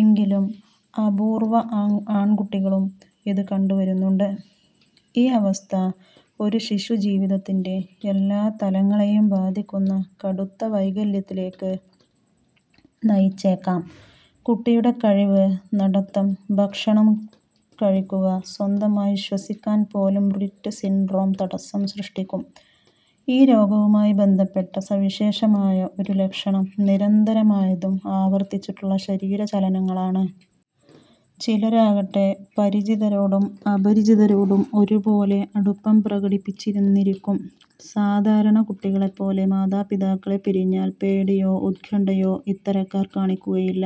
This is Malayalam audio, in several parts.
എങ്കിലും അപൂര്വ്വം ആൺകുട്ടികളിലും ഇത് കണ്ടു വരുന്നുണ്ട്. ഈ അവസ്ഥ ഒരു ശിശു ജീവിതത്തിന്റെ എല്ലാ തലങ്ങളെയും ബാധിക്കുന്ന കടുത്ത വൈകല്യത്തിലേക്ക് നയിച്ചേക്കാം. കുട്ടിയുടെ കഴിവ്, നടത്തം, ഭക്ഷണം കഴിക്കുക, സ്വന്തമായി ശ്വസിക്കാൻ പോലും റിറ്റ് സിൻഡ്രോം തടസ്സം സൃഷ്ടിക്കും. ഈ രോഗവുമായി ബന്ധപ്പെട്ട സവിശേഷമായ ഒരു ലക്ഷണം നിരന്തരമായതും ആവർത്തിച്ചുള്ള ശരീര ചലനങ്ങളാണ്. ചിലരാകട്ടെ പരിചിതരോടും അപരിചിതരോടും ഒരുപോലെ അടുപ്പം പ്രകടിപ്പിച്ചെന്നിരിക്കും. സാധാരണ കുട്ടികളെപ്പോലെ, മാതാപിതാക്കളെ പിരിഞ്ഞാൽ പേടിയോ ഉത്കണ്ഠയോ ഇത്തരക്കാർ കാണിക്കുകയില്ല.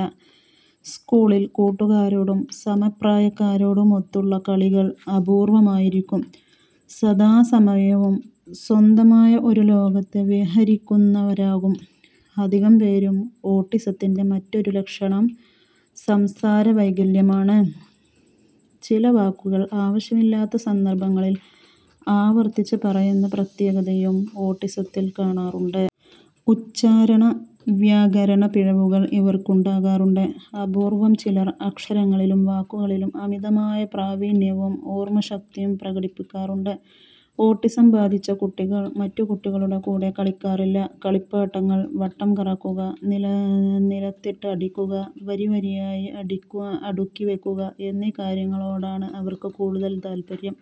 സ്കൂളിൽ കൂട്ടുകാരോടും സമപ്രായക്കാരോടുമൊത്തുള്ള കളികൾ അപൂർവമായിരിക്കും. സദാസമയവും സ്വന്തമായ ഒരു ലോകത്ത് വിഹരിക്കുന്നവരാകും അധികം പേരും. ഓട്ടിസത്തിൻെറ മറ്റൊരു ലക്ഷണം സംസാരവൈകല്യമാണ്. ചില വാക്കുകൾ ആവശ്യമില്ലാത്ത സന്ദർഭങ്ങളിൽ ആവർത്തിച്ച് പറയുന്ന പ്രത്യേകതയും ഓട്ടിസത്തിൽ കാണാറുണ്ട്. ഉച്ചാരണ, വ്യാകരണ പിഴവുകൾ ഇവർക്ക് ഉണ്ടാകാറുണ്ട്. അപൂർവം ചിലർ അക്ഷരങ്ങളിലും വാക്കുകളിലും അമിതമായ പ്രാവീണ്യവും ഓർമശക്തിയും പ്രകടിപ്പിക്കാറുണ്ട്. ഓട്ടിസം ബാധിച്ച കുട്ടികൾ മറ്റു കുട്ടികളുടെ കൂടെ കളിക്കാറില്ല. കളിപ്പാട്ടങ്ങൾ വട്ടംകറക്കുക, നിലത്തിട്ട് അടിക്കുക, വരിവരിയായി അടുക്കിവെക്കുക എന്നീ കാര്യങ്ങളോടാണ് ഇവർക്ക് കൂടുതൽ താൽപര്യം.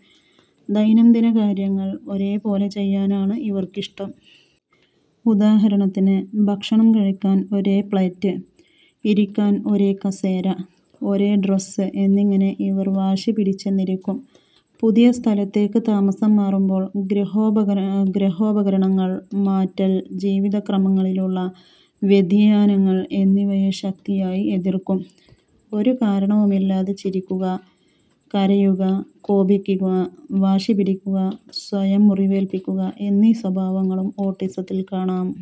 ദൈനംദിന കാര്യങ്ങൾ ഒരേപോലെ ചെയ്യാനാണ് ഇവർക്കിഷ്ടം. ഉദാഹരണത്തിന് ഭക്ഷണം കഴിക്കാൻ ഒരേ പ്ളേറ്റ്, ഇരിക്കാൻ ഒരേ കസേര, ഒരേ ഡ്രസ് എന്നിങ്ങനെ ഇവർ വാശിപിടിച്ചെന്നിരിക്കും. പുതിയ സ്ഥലത്തേക്ക് താമസം മാറൽ, ഗൃഹോപകരണങ്ങൾ മാറ്റൽ, ജീവിതക്രമങ്ങളിലുള്ള വ്യതിയാനങ്ങൾ എന്നിവയെ ശക്തിയായി എതിർക്കും. ഒരു കാരണവുമില്ലാതെ ചിരിക്കുക, കരയുക, കോപിക്കുക, വാശിപിടിക്കുക, സ്വയം മുറിവേൽപിക്കുക എന്നീ സ്വഭാവങ്ങളും ഓട്ടിസത്തിൽ കാണാം.